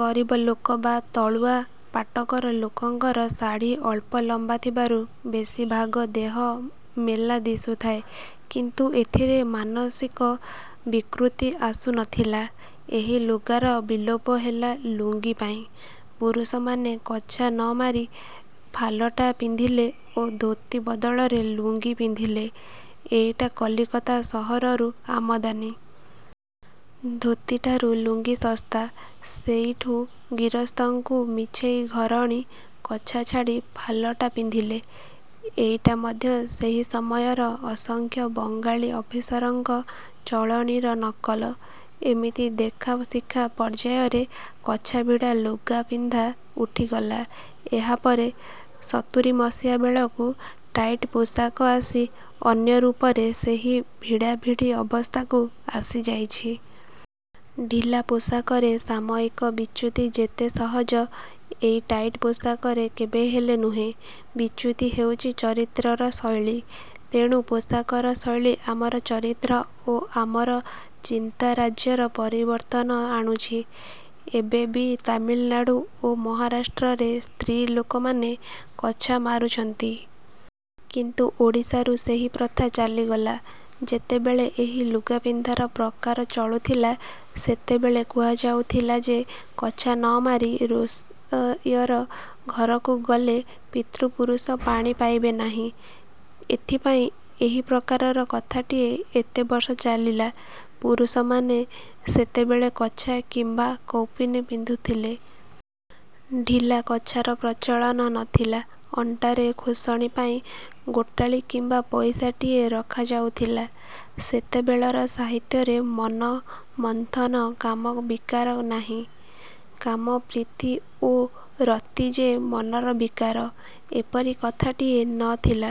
ଗରିବ ଲୋକ ବା ତଳୁଆ ପାଟକର ଲୋକଙ୍କର ଶାଢ଼ୀ ଅଳ୍ପ ଲମ୍ୱା ଥିବାରୁ ବେଶି ଭାଗ ଦେହ ମେଲା ଦିଶୁଥିଲା। କିନ୍ତୁ ଏଥିରେ ମାନସିକ ବିକୃତି ଆସୁ ନ ଥିଲା। ଏହି ଲୁଗାର ବିଲୋପ ହେଲା ଲୁଙ୍ଗି ପାଇଁ। ପୁରୁଷମାନେ କଛା ନ ମାରି ଫାଲଟା ପିନ୍ଧିଲେ ଓ ଧୋତି ବଦଳରେ ଲୁଙ୍ଗି ପିନ୍ଧିଲେ-ଏଇଟା କଲିକତା ସହରରୁ ଆମଦାନି। ଧୋତିଠାରୁ ଲୁଙ୍ଗି ଶସ୍ତା। ସେଇଠୁ ଗିରସ୍ତଙ୍କୁ ମଛେଇ ଘରଣୀ କଛା ଛାଡ଼ି ଫାଲଟା ପିନ୍ଧିଲେ। ଏଇଟା ମଧ୍ୟ ସେହି ସମୟର ଅସଂଖ୍ୟ ବଙ୍ଗାଳୀ ଅଫିସରଙ୍କ ଚଳଣୀର ନକଲ। ଏମିତି ଦେଖା ଶିଖା ପର୍ଯ୍ୟାୟରେ କଛାଭିଡ଼ା ଲୁଗାପିନ୍ଧା ଉଠିଗଲା। ଏହାପରେ ସତୁରୀମସିହା ବେଳକୁ ଟାଇଟ୍ ପୋଷାକ ଆସି ଅନ୍ୟ ରୂପରେ ସେହି ଭିଡ଼ାଭିଡ଼ି ଅବସ୍ଥାକୁ ଆସିଯାଇଛି। ଢିଲା ପୋଷାକରେ ସାମୟିକ ବିଚ୍ୟୁତି ଯେତେ ସହଜ, ଏହି ଟାଇଟ ପୋଷାକରେ କେବେହେଲେ ନୁହେଁ। ବିଚ୍ୟୁତି ହେଉଛି ଚରିତ୍ରର ଶୈଳୀ। ତେଣୁ ପୋଷାକର ଶୈଳୀ ଆମର ଚରିତ୍ର ଓ ଆମର ଚିନ୍ତାରାଜ୍ୟରେ ପରିବର୍ତ୍ତନ ଆଣୁଛି। ଏବେ ବି ତାମିଲନାଡ଼ୁ ଓ ମହାରାଷ୍ଟ୍ରରେ ସ୍ତ୍ରୀ ଲୋକମାନେ କଛା ମାରୁଛନ୍ତି। କିନ୍ତୁ ଓଡ଼ିଶାରୁ ସେହି ପ୍ରଥା ଚାଲିଗଲା। ଯେତେବେଳେ ଏହି ଲୁଗାପିନ୍ଧାର ପ୍ରକାର ଚଳୁଥିଲା ସେତେବେଳେ କୁହାଯାଉଥିଲା ଯେ କଛା ନ ମାରି ରୋଷୟଇ ଘରକୁ ଗଲେ ପିତୃପୁରୁଷ ପାଣି ପାଇବେ ନାହିଁ। ଏଥିପାଇଁ ଏହି ପ୍ରକାରର କଥାଟିଏ ଏତେବର୍ଷ ଚାଲିଲା। ପୁରୁଷମାନେ ସେତେବେଳେ କାଛା କିମ୍ୱା କୌପୁନୀ ପିନ୍ଧୁଥିଲେ। ଢିଲା କଛାର ପ୍ରଚଳନ ନ ଥିଲା। ଅଣ୍ଟାରେ ଖୋସଣୀ ପାଇଁ ଗୋଟାଳି କିମ୍ୱା ପଇସାଟିଏ ରଖାଯାଉଥିଲା। ସେତେବେଳର ସାହିତ୍ୟରେ ମନ-ମନ୍ଥନ କାମ ବିକାର ନାହିଁ। କାମ, ପ୍ରୀତି ଓ ରତି ଯେ ମନର ବିକାର-ଏପରି କଥାଟିଏ ନ ଥିଲା।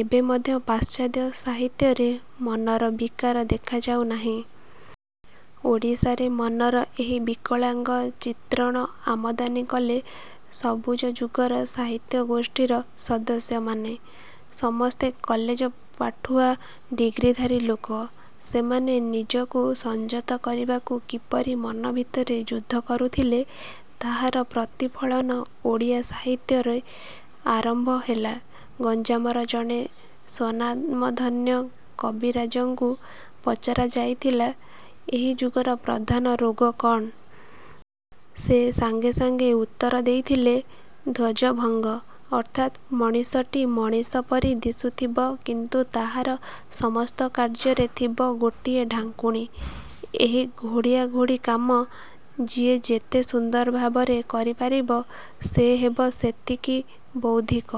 ଏବେ ମଧ୍ୟ ପାଶ୍ଚାତ୍ୟ ସାହିତ୍ୟରେ ମନର ବିକାର ଦେଖାଯାଉ ନାହିଁ। ଓଡ଼ିଆରେ ମନର ଏହି ବିକଳାଙ୍ଗ ଚିତ୍ରଣ ଆମଦାନି କଲେ ସବୁଜଯୁଗର ସାହିତ୍ୟଗୋଷ୍ଠୀର ସଦସ୍ୟମାନେ। ସମସ୍ତେ କଲେଜ ପାଠୁଆ ଡିଗ୍ରିଧାରୀ ଲୋକ। ସେମାନେ ନିଜକୁ ସଞ୍ଜତ କରିବାକୁ କିପରି ମନଭିତରେ ଯୁଦ୍ଧ କରୁଥିଲେ ତାହାର ପ୍ରତିଫଳନ ଓଡ଼ିଆ ସାହିତ୍ୟରେ ଆରମ୍ଭ ହେଲା। ଗଞ୍ଜାମର ଜଣେ ସ୍ୱନାମଧନ୍ୟ କବିରାଜଙ୍କୁ ପଚରା ଯାଇଥିଲା ଏହି ଯୁଗର ପ୍ରଧାନ ରୋଗ କ'ଣ? ସେ ସାଙ୍ଗେ ସାଙ୍ଗେ ଉତ୍ତର ଦେଇଥିଲେ-ଧ୍ୱଜଭଙ୍ଗ। ଅର୍ଥାତ୍ ମଣିଷଟି ମଣିଷ ପରି ଦିଶୁଥିବ କିନ୍ତୁ ତାହାର ସମସ୍ତ କାର୍ଯ୍ୟରେ ଥିବ ଗୋଟିଏ ଢାଙ୍କୁଣି। ଏହି ଘୋଡ଼ିଆ ଘୋଡ଼ି କାମ ଯିଏ ଯେତେ ସୁନ୍ଦର ଭାବରେ କରିପାରିବ ସେ ହେବ ସେତିକି ବୌଦ୍ଧିକ।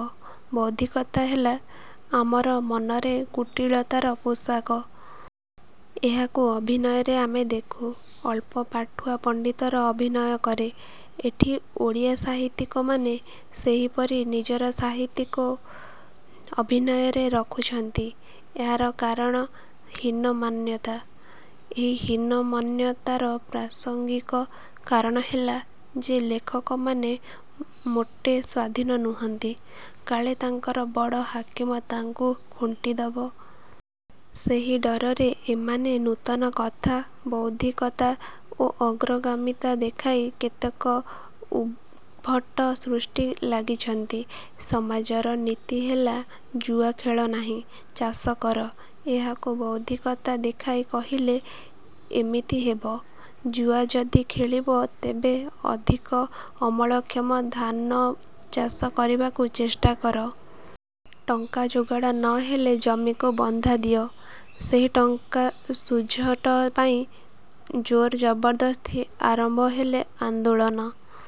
ବୌଦ୍ଧିକତା ହେଲା ଆମର ମନର କୁଟିଳତାର ପୋଷାକ। ଏହାକୁ ଅଭିନୟରେ ଆମେ ଦେଖୁ। ଅଳ୍ପ ପାଠୁଆ ପଣ୍ତିତର ଅଭିନୟ କରେ। ଏଠି ଓଡ଼ିଆ ସାହିତ୍ୟିକମାନେ ସେହିପରି ନିଜର ସାହିତ୍ୟିକୁ ଅଭିନୟରେ ରଖୁଛନ୍ତି। ଏହାର କାରଣ ହୀନମନ୍ୟତା। ଏହି ହୀନମନ୍ୟତାର ପ୍ରାସଙ୍ଗିକ କାରଣ ହେଲା ଯେ ଲେଖକମାନେ ମୋଟେ ସ୍ୱାଧୀନ ନୁହନ୍ତି। କାଳେ ତାଙ୍କର ବଡ଼ ହାକିମ ତାଙ୍କୁ ଖୁଣ୍ଟି ଦବ। ସେହି ଡରରେ ଏମାନେ ନୂତନ କଥା, ବୌଦ୍ଧିକତା ଓ ଅଗ୍ରଗାମିତା ଦେଖାଇ କେତେକ ଉଦ୍ଭଟ ସୃଷ୍ଟିରେ ଲାଗିଛନ୍ତି। ସମାଜର ନୀତି ହେଲା-ଜୁଆ ଖେଳ ନାହିଁ। ଚାଷ କର। ଏହାକୁ ବୌଦ୍ଧିକତା ଦେଖାଇ କହିଲେ ଏମିତି ହେବ-ଜୁଆ ଯଦି ଖେଳିବ ତେବେ ଅଧିକ ଅମଳକ୍ଷମ ଧାନଚାଷ କରିବାକୁ ଚେଷ୍ଟା କର। ଟଙ୍କା ଯୋଗାଡ଼ ନ ହେଲେ ଜମିକୁ ବନ୍ଧା ଦିଅ। ସେହି ଟଙ୍କା ଶୁଝଟ ପାଇଁ ଜୋର ଜବରଦସ୍ତି ଆରମ୍ଭ ହେଲେ ଆନ୍ଦୋଳନ